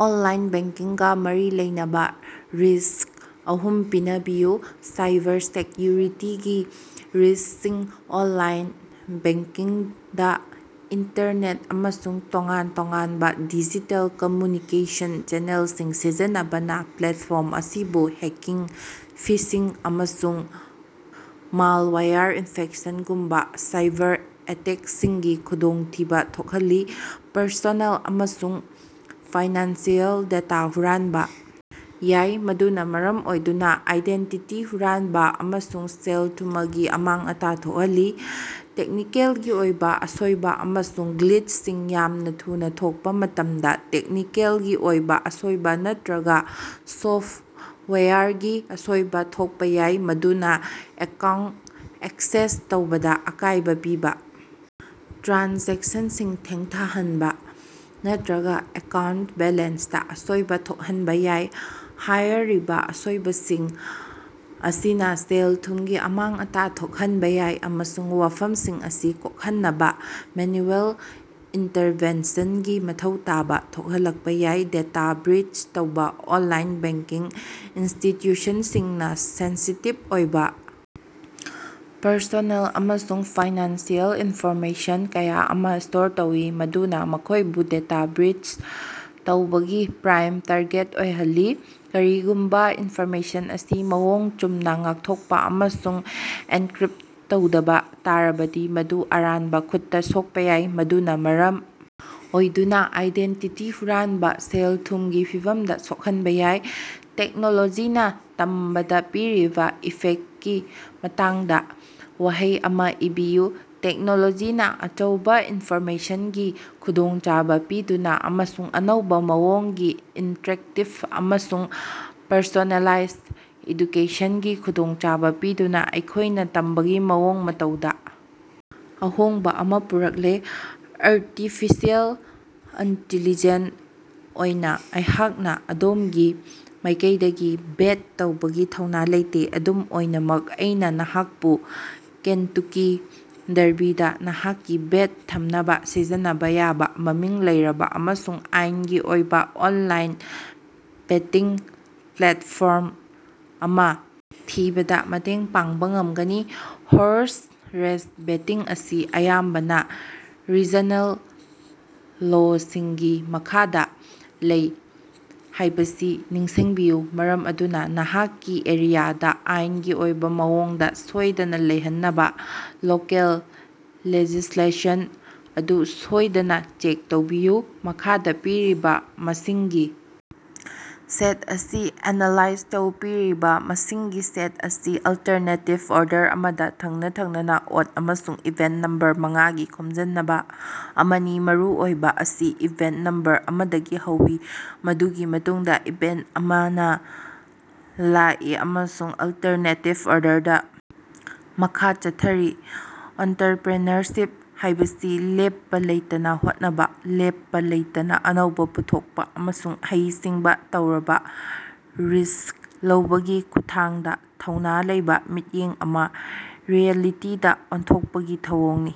Online ꯕꯦꯡꯀꯤꯡꯒ ꯃꯔꯤ ꯂꯩꯅꯕ ꯔꯤꯁ꯭ꯛ ꯑꯍꯨꯝ ꯄꯅꯕꯤꯌꯨ꯫ ꯁꯥꯏꯕꯔꯁꯦꯛꯌꯨꯔꯤꯇꯤꯒꯤ ꯔꯤꯁ꯭ꯀꯁꯤꯡ- ꯑꯣꯟꯂꯥꯏꯟ ꯕꯦꯉ꯭ꯀꯤꯡꯗ ꯏꯟꯇꯔꯅꯦꯠ ꯑꯃꯁꯨꯡ ꯇꯣꯉꯥꯟ-ꯇꯣꯉꯥꯟꯕ ꯗꯤꯖꯤꯇꯦꯜ ꯀꯝꯃꯨꯅꯤꯀꯦꯁꯟ ꯆꯦꯅꯦꯜꯁꯤꯡ ꯁꯤꯖꯤꯟꯅꯕꯅ ꯄ꯭ꯂꯦꯠꯐꯣꯔꯝ ꯑꯁꯤꯕꯨ ꯍꯦꯛꯀꯤꯡ, ꯐꯤꯁꯤꯡ, ꯑꯃꯁꯨꯡ ꯃꯥꯜꯋ꯭ꯌꯥꯔ ꯏꯟꯐꯦꯛꯁꯟꯒꯨꯝꯕ ꯁꯥꯏꯕꯔꯑꯦꯇꯦꯛꯁꯤꯡꯒꯤ ꯈꯨꯗꯣꯡꯊꯤꯕ ꯊꯣꯛꯍꯜꯂꯤ꯫ ꯄ꯭ꯔꯁꯣꯅꯦꯜ ꯑꯃꯁꯨꯡ ꯐꯥꯏꯅꯥꯟꯁꯤꯑꯦꯜ ꯗꯦꯇꯥ ꯍꯨꯔꯥꯟꯕ ꯌꯥꯏ, ꯃꯗꯨꯅ ꯃꯔꯝ ꯑꯣꯏꯗꯨꯅ ꯑꯥꯏꯗꯦꯟꯇꯤꯇꯤ ꯍꯨꯔꯥꯟꯕ ꯑꯃꯁꯨꯡ ꯁꯦꯜ-ꯊꯨꯃꯒꯤ ꯑꯃꯥꯡ-ꯑꯇꯥ ꯊꯣꯛꯍꯜꯂꯤ꯫ ꯇꯦꯛꯅꯤꯀꯦꯜꯒꯤ ꯑꯣꯏꯕ ꯑꯁꯣꯢꯕ ꯑꯃꯁꯨꯡ ꯒ꯭ꯂꯤꯆꯁꯤꯡ ꯌꯥꯝꯅ ꯊꯨꯅ ꯊꯣꯛꯄ ꯃꯇꯝꯗ, ꯇꯦꯛꯅꯤꯀꯦꯜꯒꯤ ꯑꯣꯏꯕ ꯑꯁꯣꯢꯕ ꯅꯠꯇ꯭ꯔꯒ ꯁꯣꯐꯋ꯭ꯌꯥꯔꯒꯤ ꯑꯁꯣꯏꯕ ꯊꯣꯛꯄ ꯌꯥꯏ, ꯃꯗꯨꯅ ꯑꯦꯀꯥꯎꯟꯇ ꯑꯦꯛꯁꯦꯁ ꯇꯧꯕꯗ ꯑꯀꯥꯢꯕ ꯄꯤꯕ, ꯇ꯭ꯔꯥꯟꯖꯦꯛꯁꯟꯁꯤꯡ ꯊꯦꯡꯊꯥꯍꯟꯕ ꯅꯠꯇ꯭ꯔꯒ ꯑꯦꯀꯥꯎꯟꯇ ꯕꯦꯂꯦꯟꯁꯇꯥ ꯑꯁꯣꯢꯕ ꯊꯣꯛꯍꯟꯕ ꯌꯥꯏ꯫ ꯍꯥꯌꯔꯤꯕ ꯑꯁꯣꯏꯕꯁꯤꯡ ꯑꯁꯤꯅ ꯁꯦꯜ-ꯊꯨꯝꯒꯤ ꯑꯃꯥꯡ-ꯑꯇꯥ ꯊꯣꯛꯍꯟꯕ ꯌꯥꯏ ꯑꯃꯁꯨꯡ ꯋꯥꯐꯝꯁꯤꯡ ꯑꯁꯤ ꯀꯣꯛꯍꯟꯅꯕ ꯃꯦꯅꯨꯑꯦꯜ ꯏꯟꯇ꯭ꯔꯚꯦꯟꯁꯟꯒꯤ ꯃꯊꯧ ꯇꯥꯕ ꯊꯣꯛꯍꯜꯂꯛꯄ ꯌꯥꯏ꯫ ꯗꯦꯇꯥ ꯕ꯭ꯔꯤꯆ ꯇꯧꯕ ꯑꯣꯟꯂꯥꯏꯟ ꯕꯦꯡꯀꯤꯡ ꯏꯟꯁꯇꯤꯇ꯭ꯌꯨꯁꯟꯁꯤꯡꯅ ꯁꯦꯟꯁꯤꯇꯤꯚ ꯑꯣꯏꯕ ꯄꯔꯁꯣꯅꯦꯜ ꯑꯃꯁꯨꯡ ꯐꯥꯏꯅꯥꯟꯁꯤꯑꯦꯜ ꯏꯟꯐꯣꯔꯃꯦꯁꯟ ꯀꯌꯥ ꯑꯃ ꯁ꯭ꯇꯣꯔ ꯇꯧꯏ꯫ ꯃꯗꯨꯅ ꯃꯈꯣꯢꯕꯨ ꯗꯦꯇꯥ ꯕ꯭ꯔꯤꯆ ꯇꯧꯕꯒꯤ ꯄ꯭ꯔꯥꯏꯝ ꯇꯥꯔꯒꯦꯠ ꯑꯣꯏꯍꯜꯂꯤ꯫ ꯀꯔꯤꯒꯨꯝꯕ ꯏꯟꯐꯣꯔꯃꯦꯁꯟ ꯑꯁꯤ ꯃꯑꯣꯡ ꯆꯨꯝꯅ ꯉꯥꯛꯊꯣꯛꯄ ꯑꯃꯁꯨꯡ ꯑꯦꯟꯀ꯭ꯔꯤꯞꯇ ꯇꯧꯗꯕ ꯇꯥꯔꯕꯗꯤ, ꯃꯗꯨ ꯑꯔꯥꯟꯕ ꯈꯨꯠꯇ ꯁꯣꯛꯄ ꯌꯥꯏ, ꯃꯗꯨꯅ ꯃꯔꯝ ꯑꯣꯏꯗꯨꯅ ꯑꯥꯏꯗꯦꯟꯇꯤꯇꯤ ꯍꯨꯔꯥꯟꯕ, ꯁꯦꯜ-ꯊꯨꯝꯒꯤ ꯐꯤꯚꯝꯗ ꯁꯣꯛꯍꯟꯕ ꯌꯥꯏ꯫ ꯇꯦꯛꯅꯣꯂꯣꯖꯤꯅ ꯇꯝꯕꯗ ꯄꯤꯔꯤꯕ ꯏꯐꯦꯛꯀꯤ ꯃꯇꯥꯡꯗ ꯋꯥꯍꯩ ꯑꯃ ꯏꯕꯤꯌꯨ꯫ ꯇꯦꯛꯅꯣꯂꯣꯖꯤꯅ ꯑꯆꯧꯕ ꯏꯟꯐꯣꯔꯃꯦꯁꯟꯒꯤ ꯈꯨꯗꯣꯡꯆꯥꯕ ꯄꯤꯗꯨꯅ ꯑꯃꯁꯨꯡ ꯑꯅꯧꯕ ꯃꯑꯣꯡꯒꯤ ꯏꯟꯇ꯭ꯔꯦꯛꯇꯤꯞ ꯑꯃꯁꯨꯡ ꯄꯔꯁꯣꯅꯦꯂꯥꯏꯖ ꯑꯦꯗꯨꯀꯦꯁꯟꯒꯤ ꯈꯨꯗꯣꯡꯆꯥꯕ ꯄꯤꯗꯨꯅ ꯑꯩꯈꯣꯢꯅ ꯇꯝꯕꯒꯤ ꯃꯑꯣꯡ ꯃꯇꯧꯗ ꯑꯍꯣꯡꯕ ꯑꯃ ꯄꯨꯔꯛꯂꯦ꯫ ꯑꯔꯇꯤꯐꯤꯁꯦꯜ ꯑꯟꯇꯤꯂꯤꯖꯦꯟꯇ ꯑꯣꯏꯅ ꯑꯩꯍꯥꯛꯅ ꯑꯗꯣꯝꯒꯤ ꯃꯥꯢꯀꯩꯗꯒꯤ ꯕꯦꯠ ꯇꯧꯕꯒꯤ ꯊꯧꯅ ꯂꯩꯇꯦ꯫ ꯑꯗꯨꯝ ꯑꯣꯏꯅꯃꯛ, ꯑꯩꯅ ꯅꯍꯥꯛꯄꯨ ꯀꯦꯟꯇꯨꯀꯤ ꯗꯔꯕꯤꯗ ꯅꯍꯥꯛꯀꯤ ꯕꯦꯠ ꯊꯝꯅꯕ ꯁꯤꯖꯤꯟꯅꯕ ꯌꯥꯕ ꯃꯃꯤꯡ ꯂꯩꯔꯕ ꯑꯃꯁꯨꯡ ꯑꯥꯏꯟꯒꯤ ꯑꯣꯏꯕ ꯑꯣꯟꯂꯥꯏꯟ ꯕꯦꯇꯤꯡ ꯄ꯭ꯂꯦꯠꯐꯣꯝ ꯑꯃ ꯊꯤꯕꯗ ꯃꯇꯦꯡ ꯄꯥꯡꯕ ꯉꯝꯒꯅꯤ꯫ ꯍꯣꯔꯁ ꯔꯦꯁ ꯕꯦꯇꯤꯡ ꯑꯁꯤ ꯑꯌꯥꯝꯕꯅ ꯔꯤꯖꯅꯦꯜ ꯂꯣꯁꯤꯡꯒꯤ ꯃꯈꯥꯗ ꯂꯩ ꯍꯥꯢꯕꯁꯤ ꯅꯤꯡꯁꯤꯡꯕꯤꯌꯨ ꯃꯔꯝ ꯑꯗꯨꯅ ꯅꯍꯥꯛꯀꯤ ꯑꯦꯔꯤꯌꯥꯗ ꯑꯥꯏꯟꯒꯤ ꯑꯣꯏꯕ ꯃꯑꯣꯡꯗ ꯁꯣꯢꯗꯅ ꯂꯩꯍꯟꯅꯕ ꯂꯣꯀꯦꯜ ꯂꯦꯖꯤꯁ꯭ꯂꯦꯁꯟ ꯑꯗꯨ ꯁꯣꯢꯗꯅ ꯆꯦꯛ ꯇꯧꯕꯤꯌꯨ꯫ ꯃꯈꯥꯗ ꯄꯤꯔꯤꯕ ꯃꯁꯤꯡꯒꯤ ꯁꯦꯠ ꯑꯁꯤ ꯑꯦꯟꯅꯂꯥꯏꯖ ꯇꯧ꯫ ꯄꯤꯔꯤꯕ ꯃꯁꯤꯡꯒꯤ ꯁꯦꯠ ꯑꯁꯤ ꯑꯜꯇ꯭ꯔꯅꯦꯇꯤꯕ ꯑꯣꯔꯗꯔ ꯑꯃꯗ ꯊꯪꯅ-ꯊꯪꯅꯅ ꯑꯣꯗ ꯑꯃꯁꯨꯡ ꯏꯚꯦꯟꯇ ꯅꯝꯕꯔ ꯃꯉꯥꯒꯤ ꯈꯣꯝꯖꯤꯅꯕ ꯑꯃꯅꯤ꯫ ꯃꯔꯨꯑꯣꯏꯅ, ꯃꯁꯤ ꯏꯚꯦꯟꯇ ꯅꯝꯕꯔ ꯑꯃꯗꯒꯤ ꯍꯧꯏ, ꯃꯗꯨꯒꯤ ꯃꯇꯨꯡꯗ ꯏꯚꯦꯟꯇ ꯑꯃꯅ ꯂꯥꯛꯏ ꯑꯃꯁꯨꯡ ꯑꯜꯇ꯭ꯔꯅꯦꯇꯤꯕ ꯑꯣꯔꯗꯔꯗ ꯃꯈꯥ ꯆꯠꯊꯔꯤ꯫ ꯑꯣꯟꯇ꯭ꯔꯄ꯭ꯔꯤꯅꯔꯁꯤꯞ ꯍꯥꯢꯕꯁꯤ ꯂꯦꯞꯄ ꯂꯩꯇꯅ ꯍꯣꯠꯅꯕ, ꯂꯦꯞꯄ ꯂꯩꯇꯅ ꯑꯅꯧꯕ ꯄꯨꯊꯣꯛꯄ, ꯑꯃꯁꯨꯡ ꯍꯩ ꯁꯤꯡꯕ ꯇꯧꯔꯕ ꯔꯤꯁ꯭ꯛ ꯂꯧꯕꯒꯤ ꯈꯨꯠꯊꯥꯡꯗ ꯊꯧꯅ ꯂꯩꯕ ꯃꯤꯠꯌꯦꯡ ꯑꯃ ꯔꯤꯑꯦꯂꯤꯇꯤꯗ ꯑꯣꯟꯊꯣꯛꯄꯒꯤ ꯊꯧꯑꯣꯡꯅꯤ꯫